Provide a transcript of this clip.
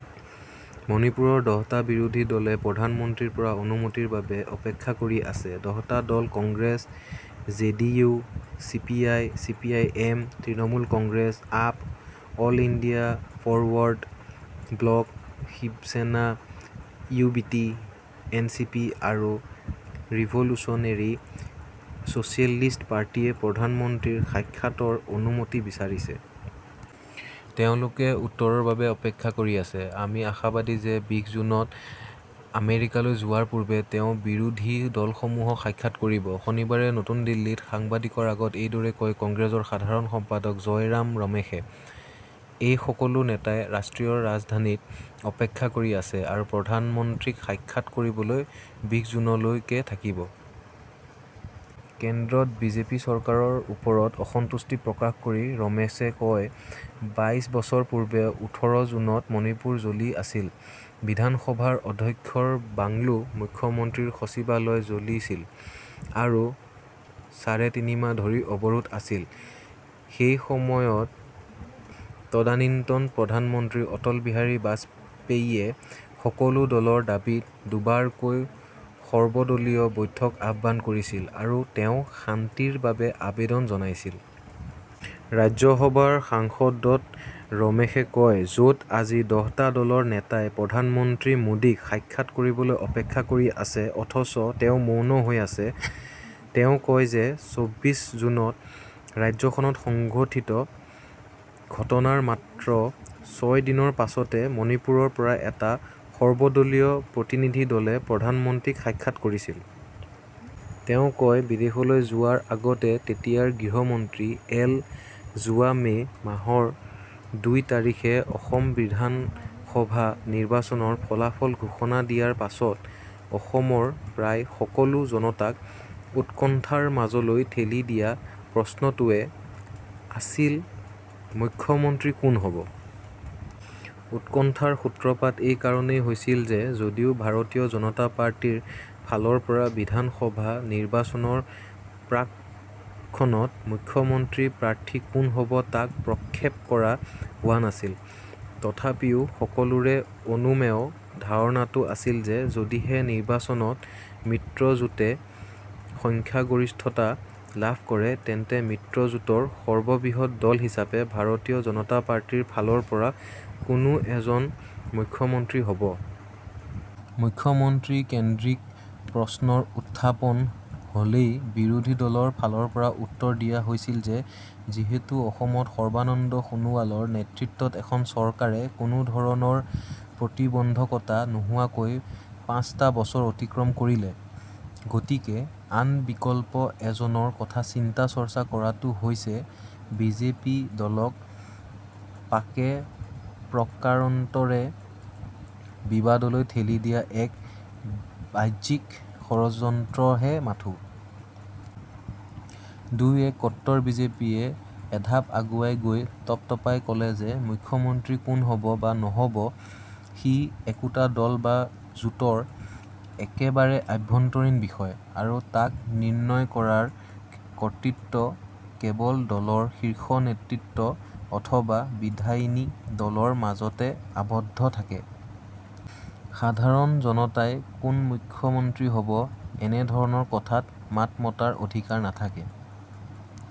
মণিপুৰৰ দহটা বিৰোধী দলে প্ৰধানমন্ত্ৰীৰ পৰা অনুমতিৰ বাবে অপেক্ষা কৰি আছে। দহটা দল Congress, JD U, CPI, CPI M, Trinamool Congress, AAP, all India forward block, Shiv Sena UBT, NCP আৰু ৰিভল্যুচনেৰী ছচিয়েলিষ্ট পাৰ্টিয়ে প্ৰধানমন্ত্ৰীৰ সাক্ষাতৰ অনুমতি বিচাৰিছে। তেওঁলোকে উত্তৰৰ বাবে অপেক্ষা কৰি আছে। আমি আশাবাদী যে বিশ জুনত আমেৰিকালৈ যোৱাৰ পূৰ্বে তেওঁ বিৰোধী দলসমূহক সাক্ষাৎ কৰিব। শনিবাৰে নতুন দিল্লীত সাংবাদিকৰ আগত এইদৰে কয় কংগ্ৰেছৰ সাধাৰণ সম্পাদক জয়ৰাম ৰমেশে। এই সকলো নেতাই ৰাষ্ট্ৰীয় ৰাজধানীত অপেক্ষা কৰি আছে আৰু প্ৰধানমন্ত্ৰীক সাক্ষাৎ কৰিবলৈ বিশ জুনলৈকে থাকিব। কেন্দ্ৰত বিজেপি চৰকাৰৰ ওপৰত অসন্তুষ্টি প্ৰকাশ কৰি ৰমেশে কয়, বাইছ বছৰ পূৰ্বে ওঠৰ জুনত মণিপুৰ জ্বলি আছিল। বিধানসভাৰ অধ্যক্ষৰ বাংলো, মুখ্যমন্ত্ৰী সচিবালয় জ্বলিছিল আৰু সাড়ে তিনিমাহ ধৰি অৱৰোধ আছিল। সেই সময়ত তদানীন্তন প্ৰধানমন্ত্ৰী অটল বিহাৰী বাজপেয়ীয়ে সকলো দলৰ দাবীত দুবাৰকৈ সৰ্বদলীয় বৈঠক আহ্বান কৰিছিল আৰু তেওঁ শান্তিৰ বাবে আবেদন জনাইছিল। ৰাজ্যসভাৰ সাংসদও ৰমেশে কয়, যত আজি দহটা দলৰ নেতাই প্ৰধানমন্ত্ৰী মোডীক সাক্ষাৎ কৰিবলৈ অপেক্ষা কৰি আছে অথচ তেওঁ মৌন হৈ আছে। তেওঁ কয় যে ছবিছ জুনত ৰাজ্যখনত সংঘটিত ঘটনাৰ মাত্ৰ ছয় দিনৰ পাছতে মণিপুৰৰ পৰা এটা সৰ্বদলীয় প্ৰতিনিধি দলে প্ৰধানমন্ত্ৰীক সাক্ষাৎ কৰিছিল। তেওঁ কয়, বিদেশলৈ যোৱাৰ আগতে তেতিয়াৰ গৃহমন্ত্ৰী এল. যোৱা মে' মাহৰ দুই তাৰিখে অসম বিধান সভা নিৰ্বাচনৰ ফলাফল ঘোষণা দিয়াৰ পাছত অসমৰ প্ৰায় সকলো জনতাক উৎকণ্ঠাৰ মাজলৈ ঠেলি দিয়া প্ৰশ্নটোৱে আছিল - মুখ্যমন্ত্ৰী কোন হব? উৎকণ্ঠাৰ সূত্ৰপাত এই কাৰণেই হৈছিল যে যদিও ভাৰতীয় জনতা পাৰ্টিৰ ফালৰ পৰা বিধান সভা নিৰ্বাচনৰ প্ৰাকক্ষণত মুখ্যমন্ত্ৰীৰ প্ৰাৰ্থী কোন হব তাক প্ৰক্ষেপ কৰা হোৱা নাছিল, তথাপিও সকলোৰে অনুমেয় ধাৰণাটো আছিল যে যদিহে নিৰ্বাচনত মিত্ৰজোঁটে সংখ্যাগৰিষ্ঠতা লাভ কৰে, তেন্তে মিত্ৰজোঁটৰ সৰ্ববৃহৎ দল হিচাপে ভাৰতীয় জনতা পাৰ্টিৰ ফালৰ পৰাই কোনো এজন মুখ্যমন্ত্ৰী হব। মুখ্যমন্ত্ৰী কেন্দ্ৰীক প্ৰশ্নৰ উৎত্থাপন হ'লেই বিৰোধী দলৰ ফালৰ পৰা উত্তৰ দিয়া হৈছিল যে যিহেতু অসমত সৰ্বানন্দ সোণোৱালৰ নেতৃত্বত এখন চৰকাৰে কোনো ধৰণৰ প্ৰতিবন্ধকতা নোহোৱাকৈ পাঁচটা বছৰ অতিক্ৰম কৰিলে, গতিকে আন বিকল্প এজনৰ কথা চিন্তা চৰ্চা কৰাতো হৈছে বিজেপি দলক পাকে প্ৰকাৰন্তৰে বিবাদলৈ ঠেলি দিয়া এক ব্যাহ্যিক ষড়যন্ত্ৰহে মাথোঁ। দুই এক কট্টৰ বিজেপিয়ে এঢাপ আগুৱাই গৈ টপ্ টপাই কলে যে- মুখ্যমন্ত্ৰী কোন হব বা নহব সি একোটা দল বা জোঁটৰ একেবাৰে আভ্যন্তৰীণ বিষয় আৰু তাক নিৰ্ণয় কৰাৰ কৰ্তৃত্ব কেৱল দলৰ শীৰ্ষ নেতৃত্ব অথবা বিধায়িনী দলৰ মাজতে আবদ্ধ থাকে। সাধাৰণ জনতাই কোন মুখ্যমন্ত্ৰী হ'ব এনেধৰণৰ কথাত মাত মতাৰ অধিকাৰ নাথাকে।